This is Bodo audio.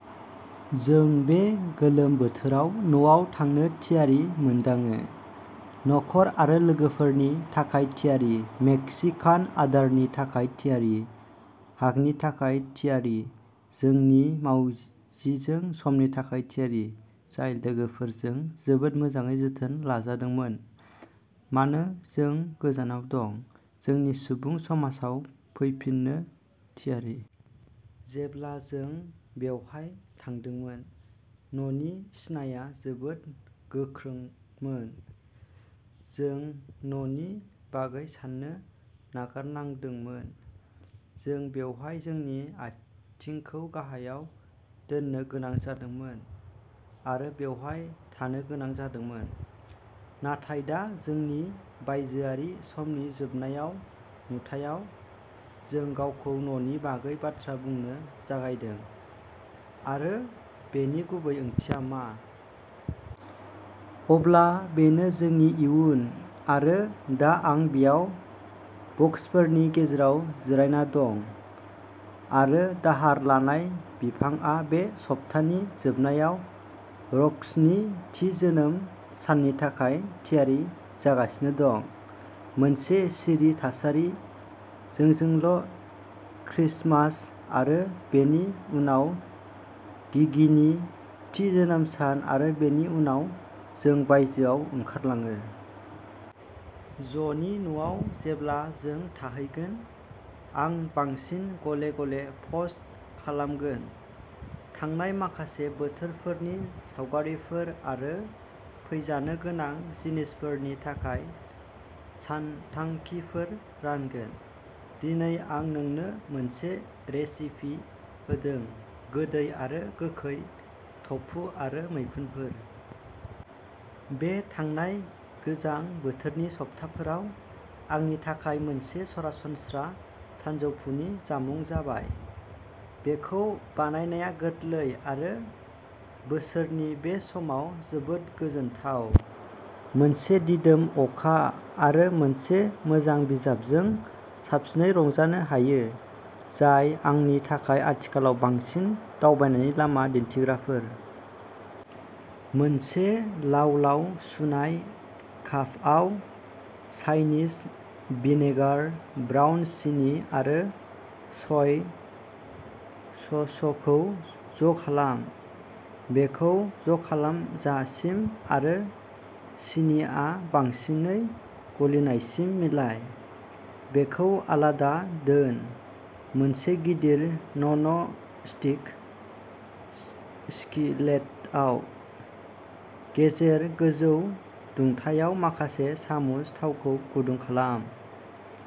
जों बे गोलोम बोथोराव न'आव थांनो थियारि मोनदाङो, नखर आरो लोगोफोरनि थाखाय थियारि, मेक्सिकान आदारनि थाखाय थियारि, हागनि थाखाय थियारि, जोंनि मावजिजों समनि थाखाय थियारि जाय लोगोफोरजों जोबोद मोजाङै जोथोन लाजादोंमोन मानो जों गोजानाव दं, जोंनि सुबुं समाजाव फैफिननो थियारि। जेब्ला जों बेवहाय थांदोंमोन, न'नि सिनाया जोबोद गोख्रोंमोन, जों "न'" नि बागै साननो नागारनांदोंमोन। जों बेवहाय जोंनि आथिंखौ गाहायाव दोन्नो गोनां जादोंमोन आरो बेवहाय थानो गोनां जादोंमोन। नाथाय दा, जोंनि बायजोआरि समनि जोबनाय नुथायाव, जों गावखौ न'नि बागै बाथ्रा बुंनो जागायदों, आरो बेनि गुबै ओंथिया मा। अब्ला बेनो जोंनि इयुन, आरो दा आं बेयाव बक्सफोरनि गेजेराव जिरायना दं आरो दाहार लानाय बिफांआ बे सप्तानि जोबनायाव रौक्सनि थि जोनोम साननि थाखाय थियारि जागासिनो दं, मोनसे सिरि थासारि। जोंजोंल'क्रिसमास, आरो बेनि उनाव गिगिनि थि जोनोम सान-आरो बेनि उनाव जों बायजोआव ओंखारलाङो। ज'नि न'आव जेब्ला जों थाहैगोन, आं बांसिन गले-गले पस्ट खालामगोन, थांनाय माखासे बोथोरफोरनि सावगारिफोर आरो फैजानो गोनां जिनिसफोरनि थाखाय सानथांखिफोर रानगोन। दिनै आं नोंनो मोनसे रेसिपि होदोंः गोदै आरो गोखै टफु आरो मैखुनफोर। बे थांनाय गोजां बोथोरनि सप्ताफोराव आंनि थाखाय मोनसे सरासनस्रा सानजौफुनि जामुं जाबाय। बेखौ बानायनाया गोरलै आरो बोसोरनि बे समाव जोबोद गोजोनथाव। मोनसे दिदोम अखा आरो मोनसे मोजां बिजाबजों साबसिनै रंजानो हायो-जाय आंनि थाखाय आथिखालाव बांसिन दावबायनायनि लामा दिन्थिग्राफोर। मोनसे लाव-लाव सुनाय कापआव, चाइनिज भिनेगार, ब्राउन सिनि आरो सय ससखौ ज'खालाम। बेखौ ज'खालामजासिम आरो सिनिआ बांसिनै गलिनायसिम मिलाय। बेखौ आलादा दोन। मोनसे गिदिर नन-स्टिक स्किलेटआव, गेजेर गोजौ दुंथायाव माखासे सामुस थावखौ गुदुं खालाम।